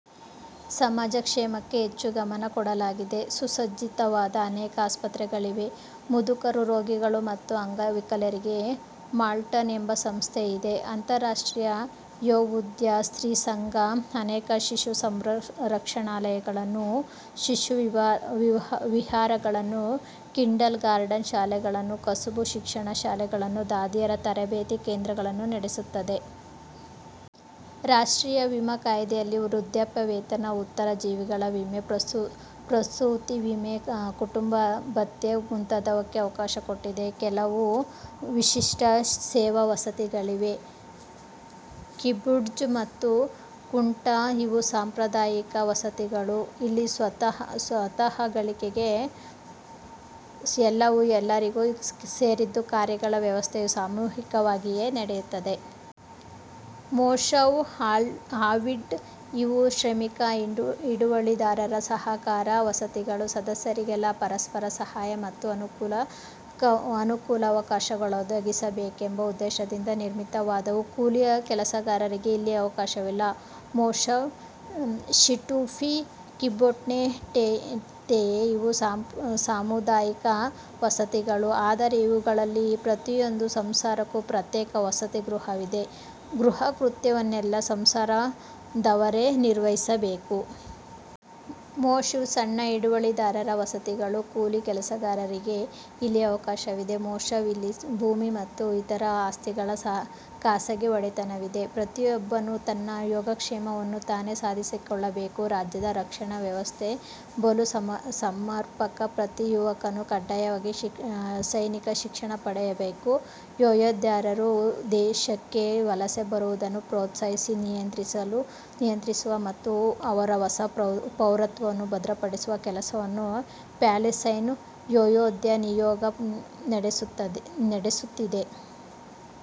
ಸಮಾಜ ಕ್ಷೇಮಕ್ಕೆ ಹೆಚ್ಚು ಗಮನ ಕೊಡಲಾಗಿದೆ. ಸುಸಜ್ಜಿತವಾದ ಅನೇಕ ಆಸ್ಪತ್ರೆಗಳಿವೆ. ಮುದುಕರು, ರೋಗಿಗಳು ಮತ್ತು ಅಂಗವಿಕಲರಿಗಾಗಿ ಮುಲ್ಟಾನ್ ಎಂಬ ಸಂಸ್ಥೆಯಿದೆ. ಅಂತರರಾಷ್ಟ್ರೀಯ ಯೆಹೂದ್ಯ ಸ್ತ್ರೀ ಸಂಘ ಅನೇಕ ಶಿಶು ಸಂರಕ್ಷಣಾಲಯಗಳನ್ನೂ ಶಿಶುವಿಹಾರಗಳನ್ನೂ ಕಿಂಡರ್ ಗಾರ್ಟನ್ ಶಾಲೆಗಳನ್ನೂ ಕಸಬು ಶಿಕ್ಷಣ ಶಾಲೆಗಳನ್ನೂ ದಾದಿಯರ ತರಬೇತಿ ಕೇಂದ್ರಗಳನ್ನೂ ನಡೆಸುತ್ತದೆ. ರಾಷ್ಟ್ರೀಯ ವಿಮಾ ಕಾಯಿದೆಯಲ್ಲಿ ವೃದ್ಧಾಪ್ಯ ವೇತನ, ಉತ್ತರಜೀವಿಗಳ ವಿಮೆ, ಪ್ರಸೂತಿ ವಿಮೆ. ಕುಟುಂಬ ಭತ್ಯೆ ಮುಂತಾದವಕ್ಕೆ ಅವಕಾಶ ಕೊಟ್ಟಿದೆ. ಕೆಲವು ವಿಶಿಷ್ಟ ಸೇವಾವಸತಿಗಳಿವು: ಕಿಬುಟ್ಜ್ ಮತ್ತು ಕ್ವುಟ್ಜ. ಇವು ಸಾಮುದಾಯಿಕ ವಸತಿಗಳು. ಇಲ್ಲಿ ಸ್ವತ್ತು, ಗಳಿಕೆ ಎಲ್ಲವೂ ಎಲ್ಲರಿಗೂ ಸೇರಿದ್ದು ಕಾರ್ಯಗಳ ವ್ಯವಸ್ಥೆಯೂ ಸಾಮೂಹಿಕವಾಗಿಯೇ ನಡೆಯುತ್ತದೆ. ಮೋಷಾವ್ ಆವ್ಡಿಂ. ಇವು ಶ್ರಮಿಕ ಹಿಡುವಳಿದಾರರ ಸಹಕಾರ ವಸತಿಗಳು; ಸದಸ್ಯರೆಲ್ಲರಿಗೂ ಪರಸ್ಪರ ಸಹಾಯ ಮತ್ತು ಅನುಕೂಲಾವಕಾಶಗಳೊದಗಬೇಕೆಂಬ ಉದ್ದೇಶದಿಂದ ನಿರ್ಮಿತವಾದವು. ಕೂಲಿಯ ಕೆಲಸಗಾರರಿಗೆ ಇಲ್ಲಿ ಅವಕಾಶವಿಲ್ಲ. ಮೋಷಾವ್ ಷಿಟೂಫಿ; ಕಿಬುಟ್ಜ್ನಂತೆಯೇ ಇವೂ ಸಾಮುದಾಯಿಕ ವಸತಿಗಳು. ಆದರೆ ಇವುಗಳಲ್ಲಿ ಪ್ರತಿಯೊಂದು ಸಂಸಾರಕ್ಕೂ ಪ್ರತ್ಯೇಕ ವಸತಿಗೃಹವಿದೆ; ಗೃಹಕೃತ್ಯವನ್ನೆಲ್ಲ ಸಂಸಾರದವರೇ ನಿರ್ವಹಿಸಬೇಕು. ಮೋಷಾವ್: ಸಣ್ಣ ಹಿಡುವಳಿದಾರರ ವಸತಿಗಳು. ಕೂಲಿ ಕೆಲಸಗಾರರಿಗೆ ಇಲ್ಲಿ ಅವಕಾಶವಿದೆ. ಮೋಷಾವ: ಇಲ್ಲಿ ಭೂಮಿ ಮತ್ತು ಇತರ ಆಸ್ತಿಗಳ ಖಾಸಗಿ ಒಡೆತನವಿದೆ. ಪ್ರತಿಯೊಬ್ಬನೂ ತನ್ನ ಯೋಗಕ್ಷೇಮವನ್ನು ತಾನೇ ಸಾಧಿಸಿಕೊಳ್ಳಬೇಕು. ರಾಜ್ಯದ ರಕ್ಷಣಾ ವ್ಯವಸ್ಥೆ ಬಲು ಸಮರ್ಪಕ. ಪ್ರತಿ ಯುವಕನೂ ಕಡ್ಡಾಯವಾಗಿ ಸೈನಿಕ ಶಿಕ್ಷಣ ಪಡೆಯಬೇಕು. ಯೆಹೂದ್ಯರು ದೇಶಕ್ಕೆ ವಲಸೆ ಬರುವುದನ್ನು ಪ್ರೋತ್ಸಾಹಿಸಿ ನಿಯಂತ್ರಿಸುವ ಮತ್ತು ಅವರ ಹೊಸ ಪೌರತ್ವವನ್ನು ಭದ್ರಪಡಿಸುವ ಕೆಲಸವನ್ನು ಪ್ಯಾಲಿಸ್ಟೈನ್ ಯೆಹೂದ್ಯ ನಿಯೋಗ ನಡೆಸುತ್ತಿದೆ.